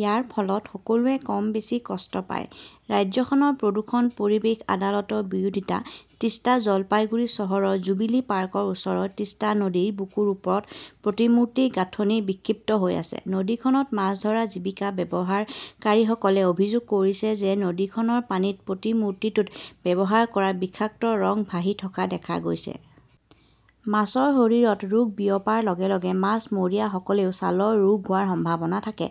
ইয়াৰ ফলত সকলোৱে কম বেছি কষ্ট পায়। "। ৰাজ্যখনৰ প্ৰদূষণ-পৰিৱেশ আদালতৰ বিৰোধিতা তিষ্টা জলপাইগুৰি চহৰৰ জুবিলি পাৰ্কৰ ওচৰৰ তিষ্টা নদীৰ বুকুৰ ওপৰত প্ৰতিমূৰ্তিৰ গাঁথনি বিক্ষিপ্ত হৈ আছে। নদীখনত মাছ ধৰা জীৱিকা ব্যৱহাৰকাৰীসকলে অভিযোগ কৰিছে যে নদীখনৰ পানীত প্ৰতিমূৰ্তিটোত ব্যৱহাৰ কৰা বিষাক্ত ৰং ভাহি থকা দেখা গৈছে। মাছৰ শৰীৰত ৰোগ বিয়পাৰ লগে লগে মাছমৰীয়াসকলেও ছালৰ ৰোগ হোৱাৰ সম্ভাৱনা থাকে।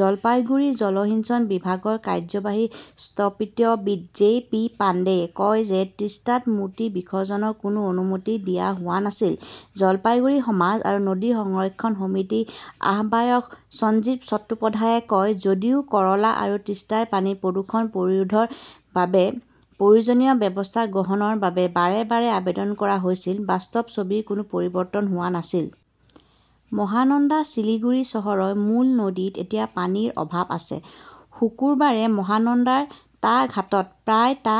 জলপাইগুৰি জলসিঞ্চন বিভাগৰ কাৰ্যবাহী স্থপতিবিদ জে পি পাণ্ডেয়ে কয় যে তিষ্টাত মূৰ্তি বিসৰ্জনৰ কোনো অনুমতি দিয়া হোৱা নাছিল। জলপাইগুৰি সমাজ আৰু নদী সংৰক্ষণ সমিতিৰ আহ্বায়ক সঞ্জীৱ চট্টোপাধ্যায়ই কয়, "যদিও কৰলা আৰু তিষ্টাৰ পানীৰ প্ৰদূষণ প্ৰতিৰোধৰ বাবে প্ৰয়োজনীয় ব্যৱস্থা গ্ৰহণৰ বাবে বাৰে বাৰে আবেদন কৰা হৈছিল, বাস্তৱ ছবিৰ কোনো পৰিৱৰ্তন হোৱা নাছিল। মহানন্দা শিলিগুৰি চহৰৰ মূল নদীত এতিয়া পানীৰ অভাৱ আছে। শুকুৰবাৰে মহানন্দাৰ টা ঘাটত প্ৰায় টা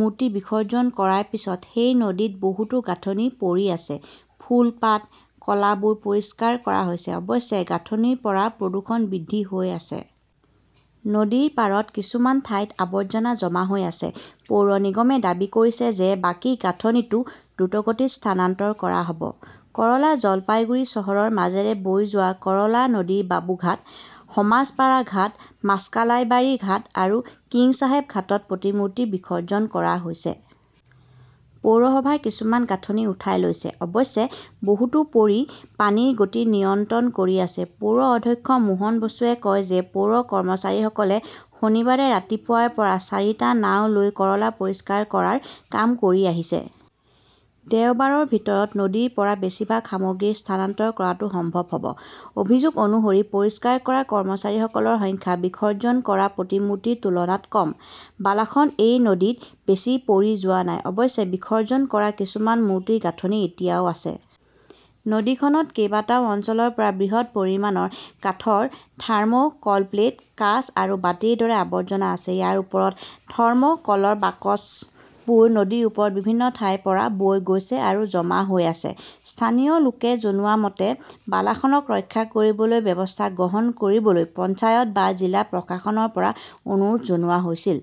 মূৰ্তি বিসৰ্জন কৰাৰ পিছত সেই নদীত বহুতো গাঁথনি পৰি আছে। ফুল-পাত, কলাবোৰ পৰিষ্কাৰ কৰা হৈছে। অৱশ্যে, গাঁথনিৰ পৰা প্ৰদূষণ বৃদ্ধি হৈ আছে। নদীৰ পাৰত কিছুমান ঠাইত আৱৰ্জনা জমা হৈ আছে। পৌৰ নিগমে দাবী কৰিছে যে বাকী গাঁথনিটো দ্ৰুতগতিত স্থানান্তৰ কৰা হ 'ব। কৰলা জলপাইগুৰি চহৰৰ মাজেৰে বৈ যোৱা কৰলা নদীৰ বাবুঘাট, সমাজ পাৰা ঘাট, মাস্কলাইবাৰী ঘাট আৰু কিংছাহেব ঘাটত প্ৰতিমূৰ্তি বিসৰ্জন কৰা হৈছে। পৌৰসভাই কিছুমান গাঁথনি উঠাই লৈছে। অৱশ্যে, বহুতো পৰি পানীৰ গতি নিয়ন্ত্ৰণ কৰি আছে। পৌৰ অধ্যক্ষ মোহন বসুৱে কয় যে পৌৰ কৰ্মচাৰীসকলে শনিবাৰে ৰাতিপুৱাৰ পৰা চাৰিটা নাও লৈ কৰলা পৰিষ্কাৰ কৰাৰ কাম কৰি আহিছে। দেওবাৰৰ ভিতৰত নদীৰ পৰা বেছিভাগ সামগ্ৰী স্থানান্তৰ কৰাটো সম্ভৱ হ 'ব। অভিযোগ অনুসৰি পৰিষ্কাৰ কৰা কৰ্মচাৰীসকলৰ সংখ্যা বিসৰ্জন কৰা প্ৰতিমূৰ্তিৰ তুলনাত কম। বালাসন এই নদীত বেছি পৰি যোৱা নাই। অৱশ্যে, বিসৰ্জন কৰা কিছুমান মূৰ্তিৰ গাঁথনি এতিয়াও আছে। নদীখনত কেইবাটাও অঞ্চলৰ পৰা বৃহৎ পৰিমাণৰ কাঠৰ থাৰ্ম "কল প্লেট, কাঁচ আৰু বাটিৰ দৰে আৱৰ্জনা আছে। ইয়াৰ ওপৰত থৰ্ম "কলৰ বাকচবোৰ নদীৰ পাৰত বিভিন্ন ঠাইৰ পৰা বৈ গৈছে আৰু জমা হৈ আছে। স্থানীয় লোকে জনোৱা মতে, বালাসনক ৰক্ষা কৰিবলৈ ব্যৱস্থা গ্ৰহণ কৰিবলৈ পঞ্চায়ত বা জিলা প্ৰশাসনৰ পৰা অনুৰোধ জনোৱা হৈছিল।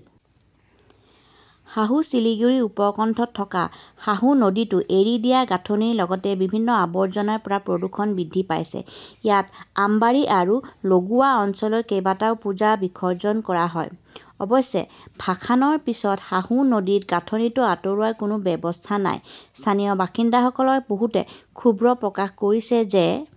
সাহু শিলিগুৰিৰ উপকণ্ঠত থকা সাহু নদীতো এৰি দিয়া গাঁথনিৰ লগতে বিভিন্ন আৱৰ্জনাৰ পৰা প্ৰদূষণ বৃদ্ধি পাইছে। ইয়াত আম্বাৰী আৰু লগৱা অঞ্চলৰ কেইবাটাও পূজা বিসৰ্জন কৰা হয়। অৱশ্যে, ভাসানৰ পিছত সাহু নদীত গাঁথনিটো আঁতৰোৱাৰ কোনো ব্যৱস্থা নাই। স্থানীয় বাসিন্দাসকলৰ বহুতে ক্ষোভ প্ৰকাশ কৰিছে যে